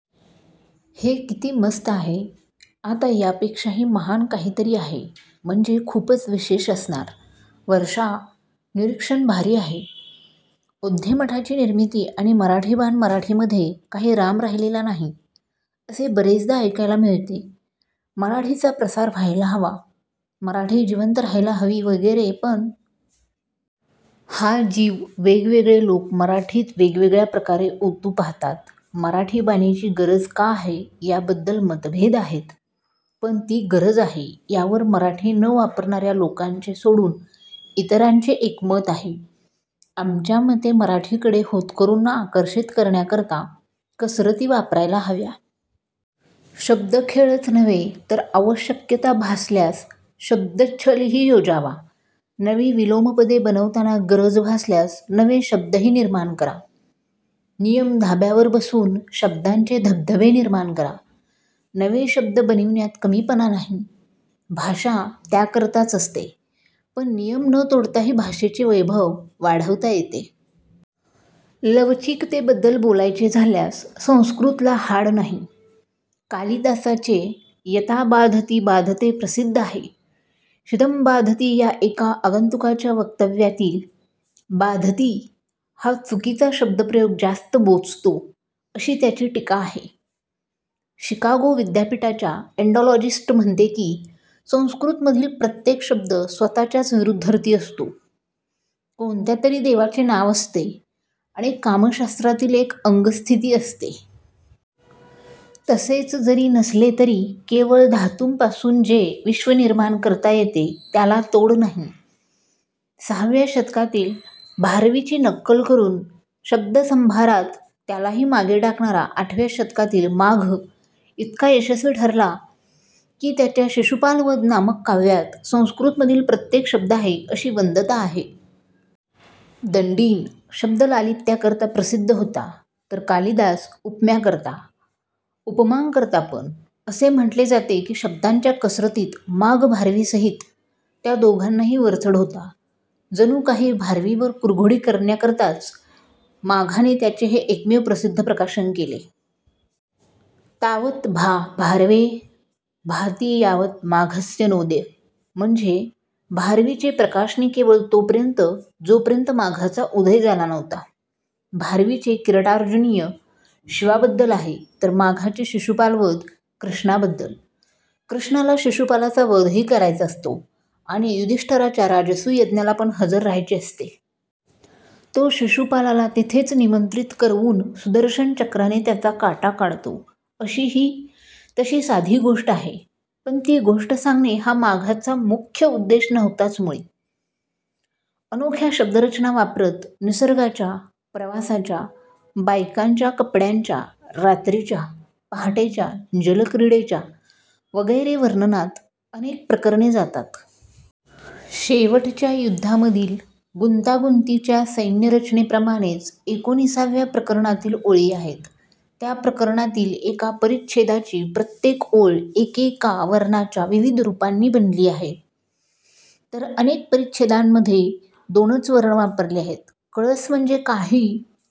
हे किती मस्त आहे. आता यापेक्षाही महान काहीतरी आहे म्हणजे खुपच विशेष असणार. वर्षा, निरिक्षण भारी आहे _/\_ ओध्येमठाची निर्मिती आणि मराठी बाण'मराठीमध्ये काही राम राहिलेला नाही' असे बरेचदा ऐकायला मिळते. मराठीचा प्रसार व्हायला हवा, मराठी जिवंत रहायला हवी वगैरे पण. हा जीव वेगवेगळे लोक मराठीत वेगवेगळ्या प्रकारे ओतू पाहतात. मराठी बाण्याची गरज का आहे, याबद्दल मतभेद आहेत. पण ती गरज आहे यावर मराठी न वापरणार्या लोकांचे सोडून इतरांचे एकमत आहे. आमच्या मते, मराठीकडे होतकरूंना आकर्षित करण्याकरता कसरती वापरायला हव्या. शब्दखेळच नव्हे तर आवश्यकता भासल्यास शब्दच्छलही योजावा. नवी विलोमपदे बनवतांना गरज भासल्यास नवे शब्दही निर्माण करा. नियम धाब्यावर बसवून शब्दांचे धबधबे निर्माण करा. नवे शब्द बनविण्यात कमीपणा नाही. भाषा त्याकरताच असते. पण नियम न तोडताही भाषेचे वैभव वाढवता येते. लवचिकतेबद्दल बोलायचे झाल्यास संस्कृतला हाड नाही. कालीदासाचे 'यथा बाधती बाधते' प्रसिद्ध आहे. 'शितं बाधती' या एका आगंतुकाच्या वक्तव्यातील 'बाधती' हा चुकीचा शब्दप्रयोग जास्त बोचतो अशी त्याची टिका आहे. शिकागो विद्यापिठाची इंडॉलॉजिस्ट म्हणते की संस्कृतमधील प्रत्येक शब्द स्वत:च्याच विरुद्धार्थी असतो, कोणत्यातरी देवाचे नाव असते आणि कामशास्त्रातील एक अंगस्थीती असते. तसेच जरी नसले तरी केवळ धातुंपासुन जे विश्व निर्माण करता येते त्याला तोड नाही. सहाव्या शतकातील भारवीची नक्कल करुन शब्दसंभारात त्यालाही मागे टाकणारा आठव्या शतकातील माघ इतका यशस्वी ठरला की त्याच्या 'शिशुपालवध' नामक काव्यात संस्कृतमधील प्रत्येक शब्द आहे अशी वदंता आहे. दण्डिन शब्दलालित्याकरता प्रसिद्ध होता, तर कालिदास उपम्याकरता, उपमांकरता.. पण असे म्हंटले जाते की शब्दांच्या कसरतीत माघ भारवीसहीत त्या दोघांनाही वरचढ होता. जणू काही भारवीवर कुरघोडी करण्याकरताच माघाने त्याचे हे एकमेव प्रसिद्ध प्रकाशन केले. 'तावत भा भारवे: भाति यावत माघस्य नोदय:। ' म्हणजे 'भारवीचे प्रकाशणे केवळ तोपर्यंत जोपर्यंत माघाचा उदय झाला नव्हता'. भारवीचे 'किराटार्जुनीय' शिवाबद्दल आहे तर माघाचे 'शिशुपालवध' कृष्णाबद्दल. कृष्णाला शिशुपालाचा वधही करायचा असतो आणि युधिष्ठिराच्या राजसूय यज्ञालापण हजर रहायचे असते. तो शिशुपालाला तिथेच निमंत्रित करवून सुदर्शन चक्राने त्याचा काटा काढतो, अशी ही तशी साधी गोष्ट आहे. पण ती गोष्ट सांगणे हा माघाचा मुख्य उद्देश नव्हताच मुळी. अनोख्या शब्दरचना वापरत निसर्गाच्या, प्रवासाच्या, बायकांच्या कपड्यांच्या, रात्रीच्या, पहाटेच्या, जलक्रीडेच्या वगैरे वर्णनात अनेक प्रकरणे जातात. शेवटच्या युद्धामधील गुंतागुंतीच्या सैन्यरचनेप्रमाणेच एकोणिसाव्या प्रकरणातील ओळी आहेत. त्या प्रकरणातील एका परिच्छेदाची प्रत्येक ओळ एकेका वर्णाच्या विविध रुपांनी बनली आहे, तर अनेक परिच्छेदांमधे दोनच वर्ण वापरले आहेत. कळस म्हणजे काही